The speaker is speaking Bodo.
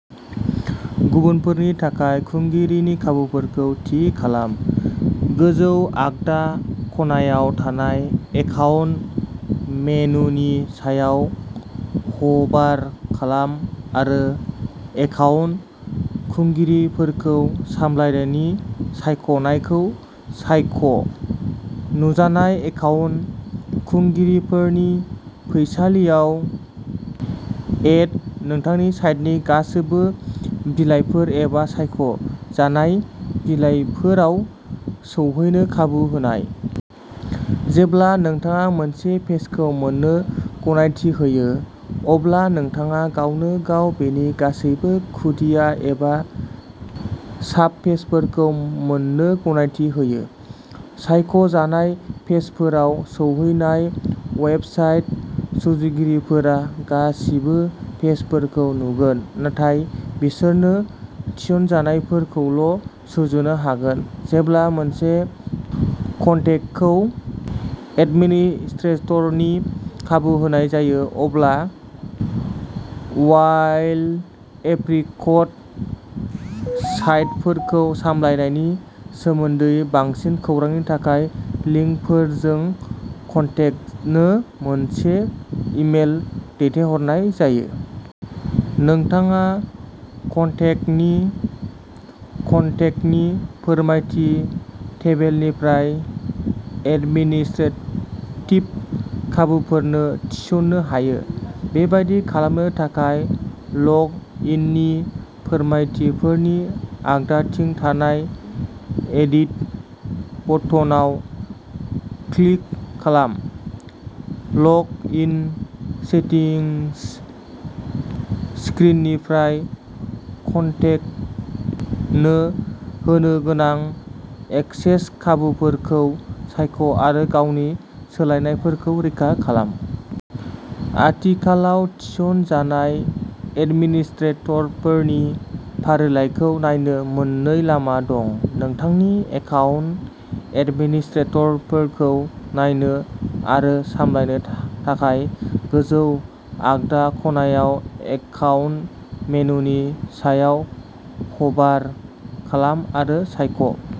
गुबुनफोरनि थाखाय खुंगिरिनि खाबुफोरखौ थि खालाम। गोजौ आगदा खनायाव थानाय एकाउन्ट मेनुनि सायाव हभार खालाम आरो एकाउन्ट खुंगिरिफोरखौ सामलायनायनि सायख'नायखौ सायख'। नुजानाय एकाउन्ट खुंगिरिफोरनि फैसालियाव, एड नोंथांनि साइटनि गासैबो बिलाइफोर एबा सायख' जानाय बिलाइफोराव सौहैनो खाबु होनाय। जेब्ला नोंथाङा मोनसे पेजखौ मोननो गनायथि होयो, अब्ला नोंथाङा गावनो गाव बेनि गासैबो खुदिया एबा साबपेजफोरखौ मोन्नो गनायथि होयो। सायख'जानाय पेजफोराव सौहैनाय वेबसाइट सुजुगिरिफोरा गासिबो पेजफोरखौ नुगोन नाथाय बिसोरनो थिसनजानायफोरखौल' सुजुनो हागोन। जेब्ला मोनसे कन्टेक्टखौ एडमिनिस्ट्रेटरनि खाबु होनाय जायो, अब्ला वाइल्ड एप्रिकट साइटफोरखौ सामलायनायनि सोमोन्दै बांसिन खौरांनि थाखाय लिंकफोरजों कन्टेक्टनो मोनसे इमेल दैथायहरनाय जायो। नोंथाङा कन्टेक्टनि कन्टेक्टनि फोरमायथि टेबनिफ्राय एडमिनिस्ट्रेटिभ खाबुफोरबो थिसन्नो हायो। बेबादि खालामनो थाखाय, लग इननि फोरमायथिफोरनि आगदाथिं थानाय एडिट बटनाव क्लिक खालाम। लग इन सेटिंस स्क्रिननिफ्राय, कन्टेक्टनो होनो गोनां एक्सेस खाबुफोरखौ सायख' आरो गावनि सोलायनायफोरखौ रैखा खालाम। आथिखालाव थिसनजानाय एडमिनिस्ट्रेटरफोरनि फारिलाइखौ नायनो मोननै लामा दं। नोंथांनि एकाउन्ट एडमिनिस्ट्रेटरफोरखौ नायनो आरो सामलायनो थाखाय, गोजौ आगदा खनायाव एकाउन्ट मेनुनि सायाव हभार खालाम आरो सायख'।